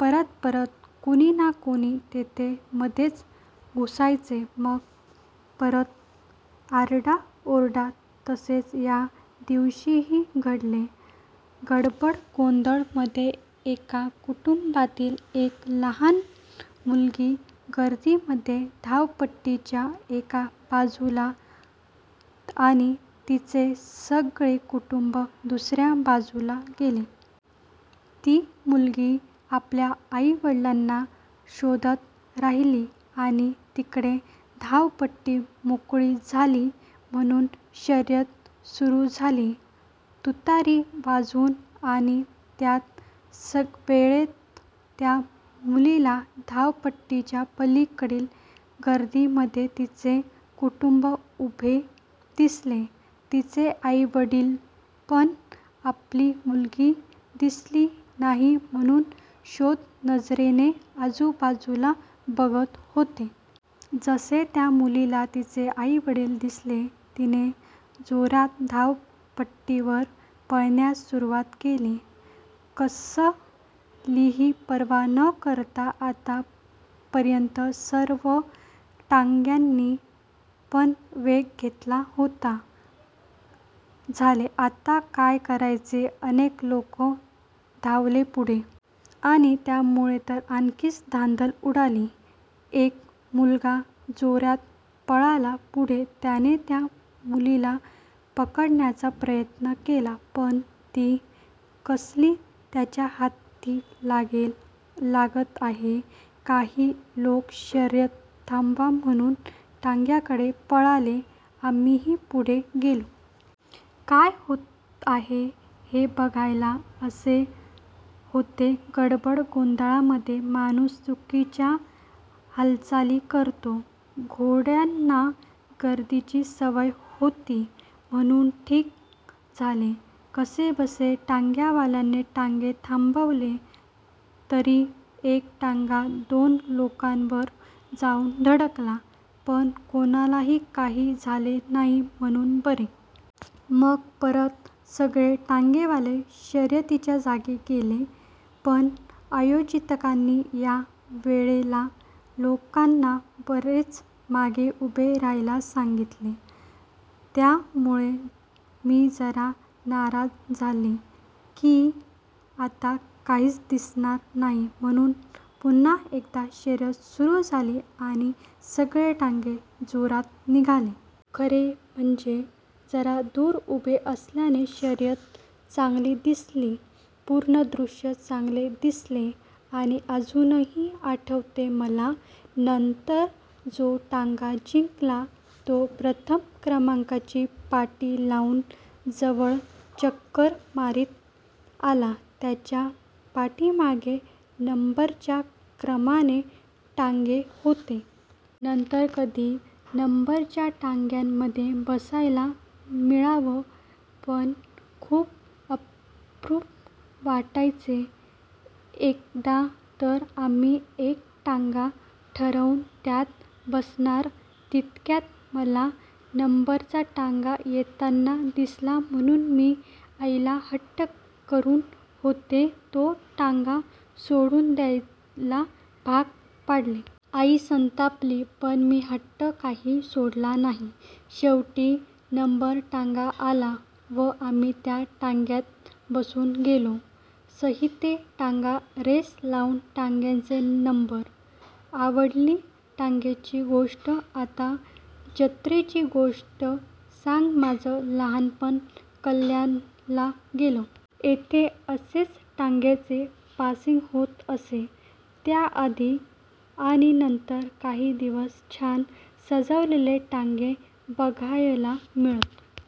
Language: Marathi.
परत परत कोणी ना कोणी तरी मधेच घुसायचे मग परत आरडा ओरडा. तसेच त्या दिवशीही झाले. गडबड गोंधळा मध्ये एका कुटुंबातील एक लहान मुलगी गर्दी मध्ये धावपट्टी च्या एका बाजूला आणि तिचे सगळे कुटुंब दुसऱ्या बाजूला गेले. ती मुलगी आपल्या आई वडिलांना शोधात राहिली आणि इकडे धावपट्टी मोकळी झाली म्हणून शर्यंत सुरु झाली तुतारी वाजवून. आणि त्याच वेळेस त्या मुलीला धावपट्टीच्या पलीकडे गर्दी मध्ये तिचे कुटुंब उभे दिसले. तिचे आई वडील पण आपली एक मुलगी दिसत नाही म्हणून शोधक नजरेने आजूबाजूला बघत होते. जसे त्या मुलीला तिचे आईवडील दिसले तिने जोरात धावपट्टी वर पळायला सुरुवात केली कसलीही पर्वा न करता, आता पर्यंत सर्व टांग्यानी पण वेग घेतला होता. झाले. आता काय करायचे. अनेक लोकं धावले पुढे. आणि त्यामुळे तर आणिखीनच धांदल उडाली. एक मुलगा जोरात पळाला पुढे. त्याने त्या मुलीला पकडण्याचा प्रयत्न केला. पण ती कसली त्याच्या हाती लागते आहे. काही लोक शर्यत थांबवा म्हणून टांग्यांकडे पळाले. आम्हीहि पुढे गेलो. काय होते आहे ते बघायला. असे होते गडबड गोधळामध्ये. माणूस चुकीच्या हालचाली करतो. घोड्यांना गर्दीची सवय होती म्हणून ठीक झाले. कसेबसे टांग्या वाल्यांनी टांगे थांबविले. तरी एक टांगा दोन लोकांवर जाऊन धडकला पण कोणालाही काही झाले नाही म्हणून बरे. मग परत सगळे टांगेवाले शर्यतीच्या जागी गेले. पण आयोजकांनी या वेळेला लोकांना बरेच मागे उभे राहायला सांगितले. त्या मुळे मी जरा नाराज झाले कि आता काही दिसणार नाही म्हणून. पुन्हा एकदा शर्यत सुरु झाली आणि सगळे टांगे जोरात निघाले. खरे म्हणजे जरा दूर उभे असल्याने शर्यत चांगली दिसली. पूर्ण दृश्य चांगले दिसले आणि अजूनही आठवते मला. नंतर जो टांगा जिंकला तो प्रथम क्रमांकाची पाटी लावून जवळ चक्कर मारीत आला. त्याच्या पाठीमागे नंतरच्या क्रमाने टांगे होते. नंतर कधी नंबरच्या टांग्यामध्ये बसायला मिळालं तर खूप अप्रूप वाटायचे. एकदा तर आम्ही एक टांगा ठरवून त्यात बसणार इतक्यात मला नंबरचा टांगा येताना दिसला म्हणून मी आईला हट्ट करून होता तो टांगा सोडून द्यायला भाग पाडले. आई संतांपली पण मी काही हट्ट सोडला नाही. शेवटी नंबर टांगा आला व आम्ही त्याच टांग्यात बसून गेलो. सहिये टांगा रेस लावून टांग्यांचे नंबर.. आवडली टांग्याची गोष्ट, आता जत्रेची गोष्ट सांगमाझं लहानपण कल्याणला गेलं. तिथेही असंच टांग्यांचं पासिंग होत असे. त्याआधी आणि नंतर काही दिवस छान सजवलेले टांगे बघायला मिळत.